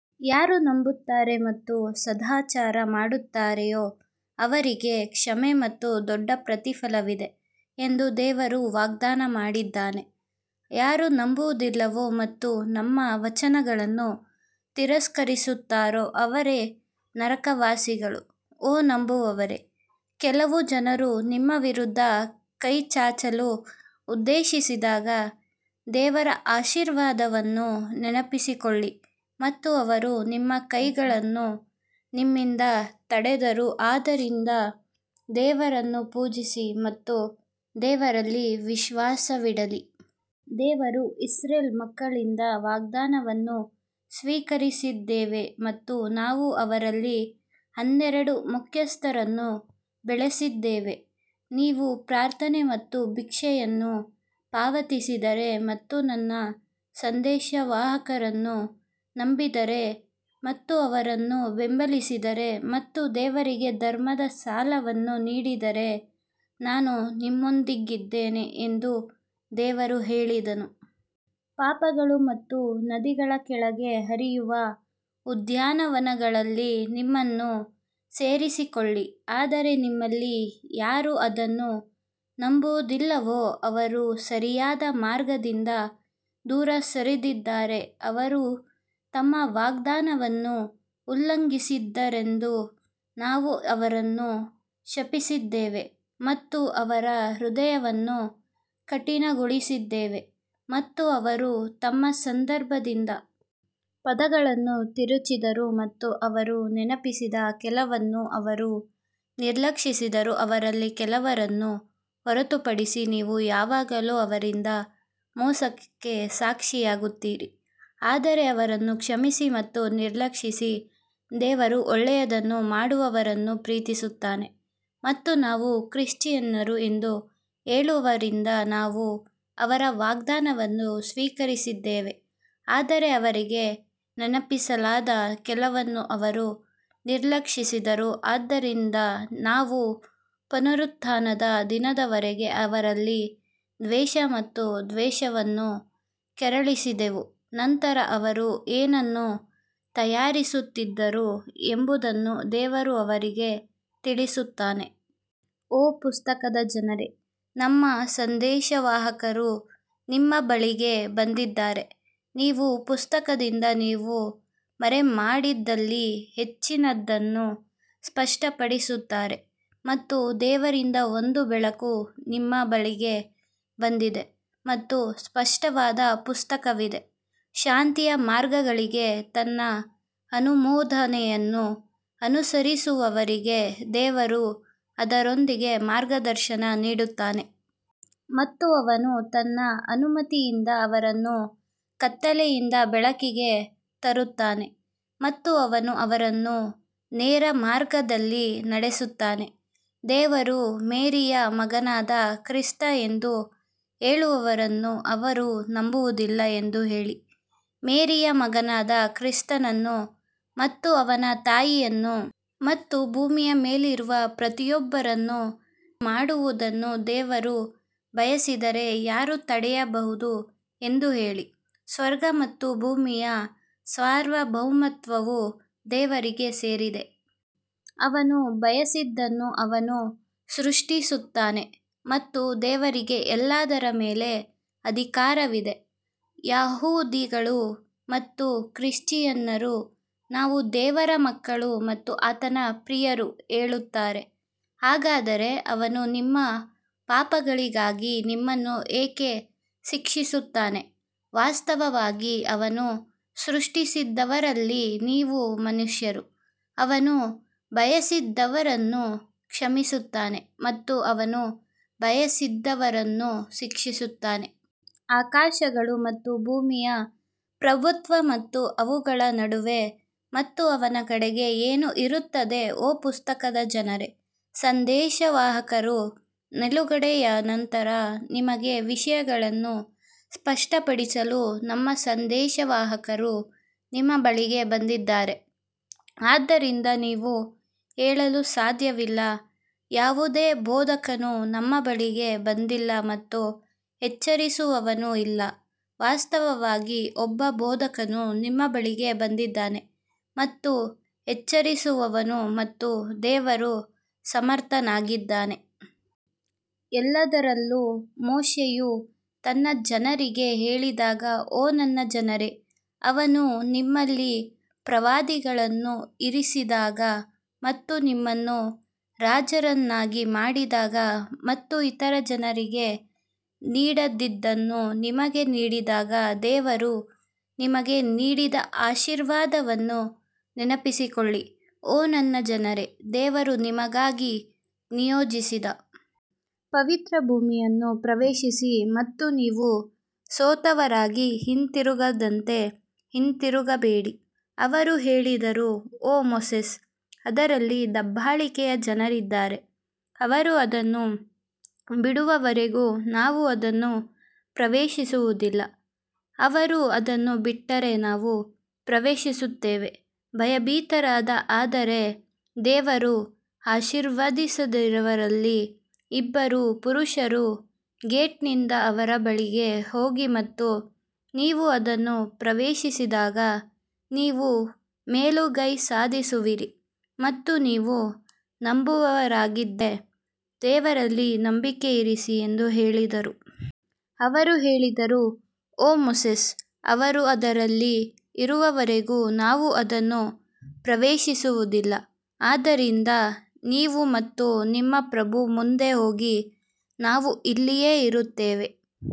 ಯಾರು ನಂಬುತ್ತಾರೆ ಮತ್ತು ಸದಾಚಾರ ಮಾಡುತ್ತಾರೆಯೋ ಅವರಿಗೆ ಕ್ಷಮೆ ಮತ್ತು ದೊಡ್ಡ ಪ್ರತಿಫಲವಿದೆ ಎಂದು ದೇವರು ವಾಗ್ದಾನ ಮಾಡಿದ್ದಾನೆ ಯಾರು ನಂಬುವುದಿಲ್ಲವೋ ಮತ್ತು ನಮ್ಮ ವಚನಗಳನ್ನು ತಿರಸ್ಕರಿಸುತ್ತಾರೋ ಅವರೇ ನರಕವಾಸಿಗಳು ಓ ನಂಬುವವರೇ, ಕೆಲವು ಜನರು ನಿಮ್ಮ ವಿರುದ್ಧ ಕೈಚಾಚಲು ಉದ್ದೇಶಿಸಿದಾಗ ದೇವರ ಆಶೀರ್ವಾದವನ್ನು ನೆನಪಿಸಿಕೊಳ್ಳಿ ಮತ್ತು ಅವರು ನಿಮ್ಮ ಕೈಗಳನ್ನು ನಿಮ್ಮಿಂದ ತಡೆದರು ಆದ್ದರಿಂದ ದೇವರನ್ನು ಪೂಜಿಸಿ ಮತ್ತು ದೇವರಲ್ಲಿ ವಿಶ್ವಾಸವಿಡಲಿ. ದೇವರು ಇಸ್ರೇಲ್ ಮಕ್ಕಳಿಂದ ವಾಗ್ದಾನವನ್ನು ಸ್ವೀಕರಿಸಿದ್ದೇವೆ ಮತ್ತು ನಾವು ಅವರಲ್ಲಿ ಹನ್ನೆರಡು ಮುಖ್ಯಸ್ಥರನ್ನು ಬೆಳೆಸಿದ್ದೇವೆ, ನೀವು ಪ್ರಾರ್ಥನೆ ಮತ್ತು ಭಿಕ್ಷೆಯನ್ನು ಪಾವತಿಸಿದರೆ ಮತ್ತು ನನ್ನ ಸಂದೇಶವಾಹಕರನ್ನು ನಂಬಿದರೆ ಮತ್ತು ಅವರನ್ನು ಬೆಂಬಲಿಸಿದರೆ ಮತ್ತು ದೇವರಿಗೆ ಧರ್ಮದ ಸಾಲವನ್ನು ನೀಡಿದರೆ ನಾನು ನಿಮ್ಮೊಂದಿಗಿದ್ದೇನೆ ಎಂದು ದೇವರು ಹೇಳಿದನು. ಪಾಪಗಳು ಮತ್ತು ನದಿಗಳ ಕೆಳಗೆ ಹರಿಯುವ ಉದ್ಯಾನವನಗಳಲ್ಲಿ ನಿಮ್ಮನ್ನು ಸೇರಿಸಿಕೊಳ್ಳಿ ಆದರೆ ನಿಮ್ಮಲ್ಲಿ ಯಾರು ಅದನ್ನು ನಂಬುವುದಿಲ್ಲವೋ ಅವರು ಸರಿಯಾದ ಮಾರ್ಗದಿಂದ ದೂರ ಸರಿದಿದ್ದಾರೆ ಅವರು ತಮ್ಮ ವಾಗ್ದಾನವನ್ನು ಉಲ್ಲಂಘಿಸಿದ್ದರಿಂದ ನಾವು ಅವರನ್ನು ಶಪಿಸಿದ್ದೇವೆ ಮತ್ತು ಅವರ ಹೃದಯವನ್ನು ಕಠಿಣಗೊಳಿಸಿದ್ದೇವೆ ಮತ್ತು ಅವರು ತಮ್ಮ ಸಂದರ್ಭದಿಂದ ಪದಗಳನ್ನು ತಿರುಚಿದರು ಮತ್ತು ಅವರು ನೆನಪಿಸಿದ ಕೆಲವನ್ನು ಅವರು ನಿರ್ಲಕ್ಷಿಸಿದರು ಅವರಲ್ಲಿ ಕೆಲವರನ್ನು ಹೊರತುಪಡಿಸಿ ನೀವು ಯಾವಾಗಲೂ ಅವರಿಂದ ಮೋಸಕ್ಕೆ ಸಾಕ್ಷಿಯಾಗುತ್ತೀರಿ ಆದರೆ ಅವರನ್ನು ಕ್ಷಮಿಸಿ ಮತ್ತು ನಿರ್ಲಕ್ಷಿಸಿ ದೇವರು ಒಳ್ಳೆಯದನ್ನು ಮಾಡುವವರನ್ನು ಪ್ರೀತಿಸುತ್ತಾನೆ ಮತ್ತು ನಾವು ಕ್ರಿಶ್ಚಿಯನ್ನರು ಎಂದು ಹೇಳುವವರಿಂದ ನಾವು ಅವರ ವಾಗ್ದಾನವನ್ನು ಸ್ವೀಕರಿಸಿದ್ದೇವೆ ಆದರೆ ಅವರಿಗೆ ನೆನಪಿಸಲಾದ ಕೆಲವನ್ನು ಅವರು ನಿರ್ಲಕ್ಷಿಸಿದರು ಆದ್ದರಿಂದ ನಾವು ಪುನರುತ್ಥಾನದ ದಿನದವರೆಗೆ ಅವರಲ್ಲಿ ದ್ವೇಷ ಮತ್ತು ದ್ವೇಷವನ್ನು ಕೆರಳಿಸಿದೆವು ನಂತರ ಅವರು ಏನನ್ನು ತಯಾರಿಸುತ್ತಿದ್ದರು ಎಂಬುದನ್ನು ದೇವರು ಅವರಿಗೆ ತಿಳಿಸುತ್ತಾನೆ. ಓ ಪುಸ್ತಕದ ಜನರೇ, ನಮ್ಮ ಸಂದೇಶವಾಹಕರು ನಿಮ್ಮ ಬಳಿಗೆ ಬಂದಿದ್ದಾರೆ, ನೀವು ಪುಸ್ತಕದಿಂದ ನೀವು ಮರೆಮಾಡಿದ್ದಲ್ಲಿ ಹೆಚ್ಚಿನದನ್ನು ಸ್ಪಷ್ಟಪಡಿಸುತ್ತಾರೆ ಮತ್ತು ದೇವರಿಂದ ಒಂದು ಬೆಳಕು ನಿಮ್ಮ ಬಳಿಗೆ ಬಂದಿದೆ ಮತ್ತು ಸ್ಪಷ್ಟವಾದ ಪುಸ್ತಕವಿದೆ. ಶಾಂತಿಯ ಮಾರ್ಗಗಳಿಗೆ ತನ್ನ ಅನುಮೋದನೆಯನ್ನು ಅನುಸರಿಸುವವರಿಗೆ ದೇವರು ಅದರೊಂದಿಗೆ ಮಾರ್ಗದರ್ಶನ ನೀಡುತ್ತಾನೆ ಮತ್ತು ಅವನು ತನ್ನ ಅನುಮತಿಯಿಂದ ಅವರನ್ನು ಕತ್ತಲೆಯಿಂದ ಬೆಳಕಿಗೆ ತರುತ್ತಾನೆ ಮತ್ತು ಅವನು ಅವರನ್ನು ನೇರ ಮಾರ್ಗದಲ್ಲಿ ನಡೆಸುತ್ತಾನೆ ದೇವರು ಮೇರಿಯ ಮಗನಾದ ಕ್ರಿಸ್ತ ಎಂದು ಹೇಳುವವರನ್ನು ಅವರು ನಂಬುವುದಿಲ್ಲ ಎಂದು ಹೇಳಿ, ಮೇರಿಯ ಮಗನಾದ ಕ್ರಿಸ್ತನನ್ನು ಮತ್ತು ಅವನ ತಾಯಿಯನ್ನು ಮತ್ತು ಭೂಮಿಯ ಮೇಲಿರುವ ಪ್ರತಿಯೊಬ್ಬರನ್ನು ನಾಶಮಾಡುವುದನ್ನು ದೇವರು ಬಯಸಿದರೆ ಯಾರು ತಡೆಯಬಹುದು ಎಂದು ಹೇಳಿ, ಸ್ವರ್ಗ ಮತ್ತು ಭೂಮಿಯ ಸಾರ್ವಭೌಮತ್ವವು ದೇವರಿಗೆ ಸೇರಿದೆ. ಅವನು ಬಯಸಿದ್ದನ್ನು ಅವನು ಸೃಷ್ಟಿಸುತ್ತಾನೆ ಮತ್ತು ದೇವರಿಗೆ ಎಲ್ಲದರ ಮೇಲೆ ಅಧಿಕಾರವಿದೆ ಯಹೂದಿಗಳು ಮತ್ತು ಕ್ರಿಶ್ಚಿಯನ್ನರು ನಾವು ದೇವರ ಮಕ್ಕಳು ಮತ್ತು ಆತನ ಪ್ರಿಯರು ಹೇಳುತ್ತಾರೆ, ಹಾಗಾದರೆ ಅವನು ನಿಮ್ಮ ಪಾಪಗಳಿಗಾಗಿ ನಿಮ್ಮನ್ನು ಏಕೆ ಶಿಕ್ಷಿಸುತ್ತಾನೆ, ವಾಸ್ತವವಾಗಿ ಅವನು ಸೃಷ್ಟಿಸಿದವರಲ್ಲಿ ನೀವು ಮನುಷ್ಯರು, ಅವನು ಬಯಸಿದವರನ್ನು ಕ್ಷಮಿಸುತ್ತಾನೆ ಮತ್ತು ಅವನು ಬಯಸಿದವರನ್ನು ಶಿಕ್ಷಿಸುತ್ತಾನೆ. ಆಕಾಶಗಳು ಮತ್ತು ಭೂಮಿಯ ಪ್ರಭುತ್ವ ಮತ್ತು ಅವುಗಳ ನಡುವೆ ಮತ್ತು ಅವನ ಕಡೆಗೆ ಏನು ಇರುತ್ತದೆ ಓ ಪುಸ್ತಕದ ಜನರೇ, ಸಂದೇಶವಾಹಕರ ನಿಲುಗಡೆಯ ನಂತರ ನಿಮಗೆ ವಿಷಯಗಳನ್ನು ಸ್ಪಷ್ಟಪಡಿಸಲು ನಮ್ಮ ಸಂದೇಶವಾಹಕರು ನಿಮ್ಮ ಬಳಿಗೆ ಬಂದಿದ್ದಾರೆ, ಆದ್ದರಿಂದ ನೀವು ಹೇಳಲು ಸಾಧ್ಯವಿಲ್ಲ, ಯಾವುದೇ ಬೋಧಕನು ನಮ್ಮ ಬಳಿಗೆ ಬಂದಿಲ್ಲ ಮತ್ತು ಎಚ್ಚರಿಸುವವನೂ ಇಲ್ಲ ವಾಸ್ತವವಾಗಿ ಒಬ್ಬ ಬೋಧಕನು ನಿಮ್ಮ ಬಳಿಗೆ ಬಂದಿದ್ದಾನೆ ಮತ್ತು ಎಚ್ಚರಿಸುವವನು ಮತ್ತು ದೇವರು ಸಮರ್ಥನಾಗಿದ್ದಾನೆ. ಎಲ್ಲದರಲ್ಲೂ ಮೋಶೆಯು ತನ್ನ ಜನರಿಗೆ ಹೇಳಿದಾಗ ಓ ನನ್ನ ಜನರೇ, ಅವನು ನಿಮ್ಮಲ್ಲಿ ಪ್ರವಾದಿಗಳನ್ನು ಇರಿಸಿದಾಗ ಮತ್ತು ನಿಮ್ಮನ್ನು ರಾಜರನ್ನಾಗಿ ಮಾಡಿದಾಗ ಮತ್ತು ಇತರ ಜನರಿಗೆ ನೀಡದಿದ್ದನ್ನು ನಿಮಗೆ ನೀಡಿದಾಗ ದೇವರು ನಿಮಗೆ ನೀಡಿದ ಆಶೀರ್ವಾದವನ್ನು ನೆನಪಿಸಿಕೊಳ್ಳಿ. ಓ ನನ್ನ ಜನರೇ, ದೇವರು ನಿಮಗಾಗಿ ನಿಯೋಜಿಸಿದ ಪವಿತ್ರ ಭೂಮಿಯನ್ನು ಪ್ರವೇಶಿಸಿ ಮತ್ತು ನೀವು ಸೋತವರಾಗಿ ಹಿಂತಿರುಗದಂತೆ ಹಿಂತಿರುಗಬೇಡಿ ಅವರು ಹೇಳಿದರು ಓ ಮೋಸೆಸ್ ಅದರಲ್ಲಿ ದಬ್ಬಾಳಿಕೆಯ ಜನರಿದ್ದಾರೆ ಅವರು ಅದನ್ನು ಬಿಡುವವರೆಗೂ ನಾವು ಅದನ್ನು ಪ್ರವೇಶಿಸುವುದಿಲ್ಲ ಅವರು ಅದನ್ನು ಬಿಟ್ಟರೆ ನಾವು ಪ್ರವೇಶಿಸುತ್ತೇವೆ ಭಯಭೀತರಾದ ಆದರೆ ದೇವರು ಆಶೀರ್ವದಿಸಿದವರಲ್ಲಿ ಇಬ್ಬರು ಪುರುಷರು ಗೇಟ್ನಿಂದ ಅವರ ಬಳಿಗೆ ಹೋಗಿ ಮತ್ತು ನೀವು ಅದನ್ನು ಪ್ರವೇಶಿಸಿದಾಗ ನೀವು ಮೇಲುಗೈ ಸಾಧಿಸುವಿರಿ ಮತ್ತು ನೀವು ನಂಬುವವರಾಗಿದ್ದರೆ ದೇವರಲ್ಲಿ ನಂಬಿಕೆ ಇರಿಸಿ ಎಂದು ಹೇಳಿದರು. ಅವರು ಹೇಳಿದರು ಓ ಮೋಸೆಸ್ ಅವರು ಅದರಲ್ಲಿ ಇರುವವರೆಗೂ ನಾವು ಅದನ್ನು ಪ್ರವೇಶಿಸುವುದಿಲ್ಲ ಆದ್ದರಿಂದ ನೀವು ಮತ್ತು ನಿಮ್ಮ ಪ್ರಭು ಮುಂದೆ ಹೋಗಿ ನಾವು ಇಲ್ಲಿಯೇ ಇರುತ್ತೇವೆ.